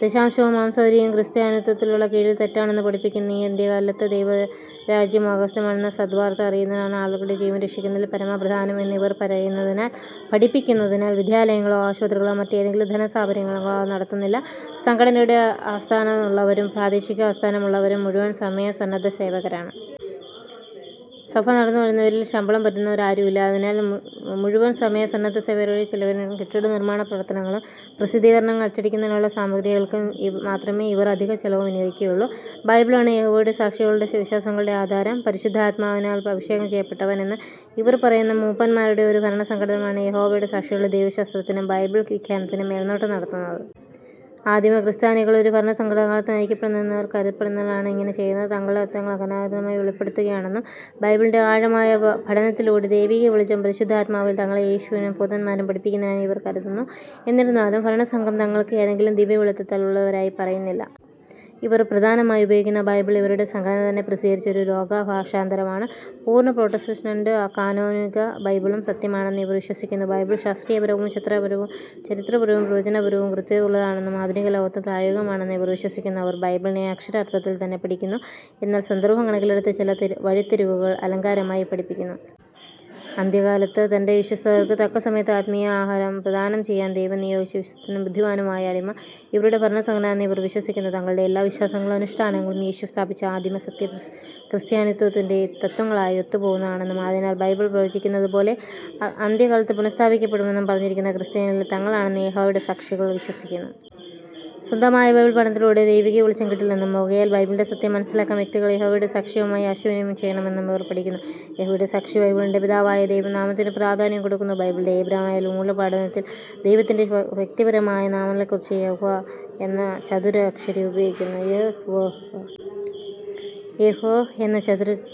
ദശാംശവും, മാസവരിയും ക്രിസ്ത്യാനിത്വത്തിനു കീഴിൽ തെറ്റാണ് എന്ന് പഠിപ്പിക്കുന്നു. ഈ അന്ത്യകാലത്ത് ദൈവരാജ്യം ആഗതമാണെന്ന സദ് വാർത്ത അറിയിക്കുന്നതാണ് ആളുകളുടെ ജീവൻ രക്ഷിക്കുന്നതിൽ പരമപ്രധാനം എന്ന് ഇവർ പഠിപ്പിക്കുന്നതിനാൽ വിദ്യാലയങ്ങളോ, ആശുപത്രികളോ മറ്റ് എതെങ്കിലും ധനകാര്യസ്ഥാപനങ്ങളോ ഇവർ നടത്തുന്നില്ല. സംഘടനയുടെ ആസ്ഥാനത്തുള്ളവരും, പ്രാദേശിക ആസ്ഥാനത്തുള്ളവരും മുഴുവൻ സമയ സന്നദ്ധസേവകരാണ്. സഭ നടത്തുന്നവരിൽ ശമ്പളം പറ്റുന്നവരാരും ഇല്ല. ആയതിനാൽ മുഴുവൻ സമയ സന്നദ്ധ സേവകരുടെ ജീവിതചെലവിനും, കെട്ടിട നിർമ്മാണപ്രവർത്തനങ്ങൾക്കും, പ്രസിദ്ധീകരണങ്ങൾ അച്ചടിക്കുന്നതിനുള്ള സാമഗ്രികൾക്കും മാത്രമേ ഇവർ അധിക ചെലവും വിനിയോഗിക്കുന്നുള്ളു. ബൈബിളാണ് യഹോവയുടെ സാക്ഷികളുടെ വിശ്വാസങ്ങളുടെ ആധാരം. പരിശുദ്ധാത്മാവിനാൽ അഭിഷേകം ചെയ്യപ്പെട്ടവർ എന്ന് ഇവർ പറയുന്ന മൂപ്പന്മാരുടെ ഒരു ഭരണസംഘമാണ് യഹോവയുടെ സാക്ഷികളുടെ ദൈവശാസ്ത്രത്തിനും, ബൈബിൾ വ്യാഖ്യാനത്തിനും മേൽനോട്ടം നടത്തുന്നത്. ആദിമ ക്രിസ്ത്യാനികൾ ഒരു ഭരണസംഘത്താലാണ് നയിക്കപ്പെട്ടത് എന്ന് ഇവർ കരുതുന്നതിനാലാണ് അങ്ങനെ ചെയ്യുന്നത്. തങ്ങളുടെ തത്ത്വങ്ങൾ കാലാനുക്രമമായി വെളിപ്പെടുന്നവയാണെന്നും, ബൈബിളിന്റെ ആഴമായ പഠനത്തില്ലുടെ ദൈവിക വെളിച്ചം പരിശുദ്ധാത്മാവിനാൽ തങ്ങളെ യേശുവും, ദൂതന്മാരും പഠിപ്പിക്കുന്നതായി ഇവർ കരുതുന്നു. ഏന്നിരുന്നാലും ഭരണസംഘം തങ്ങൾക്ക് എന്തെങ്കിലും ദിവ്യവെളിപ്പെടുത്തൽ ഉള്ളതായി പറയുന്നില്ല. ഇവർ പ്രധാനമായും ഉപയോഗിക്കുന്ന ബൈബിൾ ഇവരുടെ സംഘടന തന്നെ പ്രസ്ദ്ധീകരിച്ച പുതിയ ലോകഭാഷാന്തരം ആണ്. പൂർണ്ണ പ്രൊട്ടസ്റ്റന്റ് കാനോനിക ബൈബിളും സത്യമാണെന്ന് ഇവർ വിശ്വസിക്കുന്നു. ബൈബിൾ ശാസ്ത്രീയപരമായും, ചരിത്രപരമായും, പ്രവചനപരമയും കൃത്യത ഉള്ളതാണെന്നും ആധുനിക ലോകത്തും പ്രായോഗികമാണെന്നും ഇവർ വിശ്വസിക്കുന്നു. അവർ ബൈബിളിനെ അക്ഷരാർത്ഥത്തിൽ തന്നെ പഠിപ്പിക്കുന്നു, എന്നാൽ സന്ദർഭം കണക്കിലെടുത്ത് ചില തിരുവെഴുത്തുകൾ ആലങ്കാരികമായി പഠിപ്പിക്കുന്നു. അന്ത്യകാലത്ത് തന്റെ വിശ്വസ്തർക്ക് തക്കസമയത്ത് ആത്മീയ ആഹാരം പ്രദാനം ചെയ്യാൻ ദൈവം നിയോഗിച്ച വിശ്വസ്തനും ബുദ്ധിമാനുമായ അടിമ ഇവരുടെ ഭരണസംഘമാണെന്ന് ഇവർ വിശ്വസിക്കുന്നു. തങ്ങളുടെ എല്ലാ വിശ്വാസങ്ങളും അനുഷ്ഠാനങ്ങളും യേശു സ്ഥാപിച്ച ആദിമ "സത്യ" ക്രിസ്ത്യാനിത്വത്തിന്റെ തത്ത്വങ്ങളുമായി ഒത്തുപോകുന്നതാണെന്നും, ആയതിനാൽ ബൈബിളിൽ പ്രവചിക്കപ്പെട്ടിരിക്കുന്നതു പോലെ അന്ത്യകാലത്ത് പുനഃസ്ഥാപിക്കപ്പെടുമെന്ന് പറഞ്ഞിരിക്കുന്ന സത്യക്രിസ്തീയർ തങ്ങളാണെന്ന് യഹോവയുടെ സാക്ഷികൾ വിശ്വസിക്കുന്നു. സ്വന്തമായ ബൈബിൾ പഠനത്തിലൂടെ ദൈവിക വെളിച്ചം കിട്ടില്ലെന്നും ആകയാൽ ബൈബിളിലെ സത്യം മനസ്സിലാക്കാൻ വ്യക്തികൾ യഹോവയുടെ സാക്ഷികളുമായി ആശയവിനിമയം ചെയ്യണമെന്നും ഇവർ പഠിപ്പിക്കുന്നു യഹോവയുടെ സാക്ഷികൾ ബൈബിളിലെ പിതാവായ ദൈവത്തിന്റെ നാമത്തിനു പ്രാധാന്യം കൊടുക്കുന്നു. ബൈബിളിന്റെ എബ്രായ മൂലപാഠത്തിൽ ദൈവത്തിന്റെ വ്യക്തിപരമായ നാമത്തെകുറിക്കാൻ "യ്ഹ്വ്ഹ്" എന്ന ചതുരക്ഷരി ഉപയോഗിച്ചിരുന്നു. "യ്ഹ്വ്ഹ്" എന്ന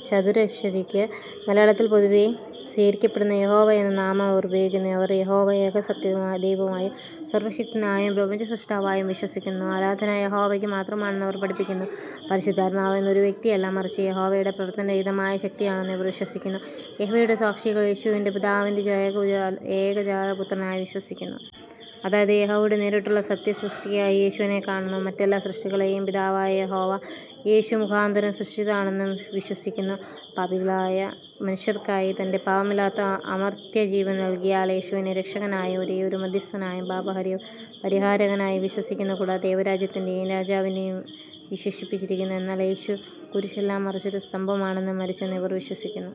ചതുരക്ഷരിക്ക് മലയാളത്തിൽ പൊതുവെ സ്വീകരിക്കപ്പെടുന്ന യഹോവ എന്ന നാമം അവർ ഉപയോഗിക്കുന്നു. അവർ യഹോവ ഏകസത്യദൈവമായും, സർവ്വശക്തനായും, പ്രപഞ്ച സ്രിഷ്ടാവായും വിശ്വസിക്കുന്നു. ആരാധന യഹോവയ്ക്ക് മാത്രമാണെന്ന് ഇവർ പഠിപ്പിക്കുന്നു. പരിശുദ്ധാത്മാവെന്നത് ഒരു വ്യക്തിയല്ല മറിച്ച് യഹോവയുടെ പ്രവർത്തനനിരതമായ ശക്തിയാണെന്ന് ഇവർ വിശ്വസിക്കുന്നു. യഹോവയുടെ സാക്ഷികൾ യേശുവിനെ പിതാവിന്റെ ഏകജാത പുത്രനായി വിശ്വസിക്കന്നു. അതായത് യഹോവയുടെ നേരിട്ടുള്ള ആദ്യ സൃഷ്ടിയായ് യേശുവിനെ കാണുന്നു. മറ്റെല്ലാ സൃഷ്ടികളെയും പിതാവായ യഹോവ, യേശു മുഖാന്തരം സൃഷ്ടിച്ചതായും വിശ്വസിക്കുന്നു. പാപികളായ മനുഷ്യർക്കായി തന്റെ പാപമില്ലാത്ത അമർത്യ ജീവൻ നൽകിയതിനാൽ യേശുവിനെ രക്ഷകനായും, ഒരേയൊരു മദ്ധ്യസ്ഥനായും, പാപപരിഹാരകനായും വിശ്വസിക്കുന്നു. കൂടാതെ ദൈവരാജ്യത്തിന്റെ രാജാവായും വിശേഷിപ്പിച്ചിരിക്കുന്നു. എന്നാൽ യേശു കുരിശിലല്ല മറിച്ച് ഒരു സ്തംഭത്തിലാണ് മരിച്ചതെന്ന് ഇവർ വിശ്വസിക്കുന്നു.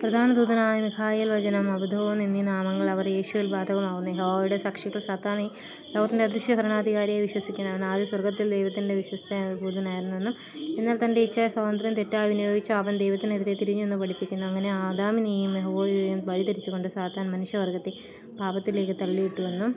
പ്രധാന ദൂതനായ മിഖായേൽ, വചനം, അബദ്ദോൻ എന്നീ നാമങ്ങൾ അവർ യേശുവിനു ബാധകമാക്കുന്നു. യഹോവയുടെ സാക്ഷികൾ സാത്താൻ ഈ ലോകത്തിന്റെ അദൃശ്യ ഭരണാധികാരിയായി വിശ്വസിക്കുന്നു. ആവൻ ആദ്യം സ്വർഗ്ഗത്തിൽ ദൈവത്തിന്റെ വിശ്വസ്ത ദൂതനായിരുന്നു എന്നും, എന്നാൽ തന്റെ ഇച്ഛാസ്വാതന്ത്ര്യം തെറ്റായി വിനിയോഗിച്ച അവൻ ദൈവത്തിനെതിരെ തിരിഞ്ഞു എന്നും പഠിപ്പിക്കുന്നു. അങ്ങനെ ആദാമിനെയും ഹൗവ്വായെയും വഴിതെറ്റിച്ചുകൊണ്ട് സാത്താൻ മനുഷ്യ വർഗ്ഗത്തെ പാപത്തിലേക്ക് തള്ളിയിട്ടുവെന്നും,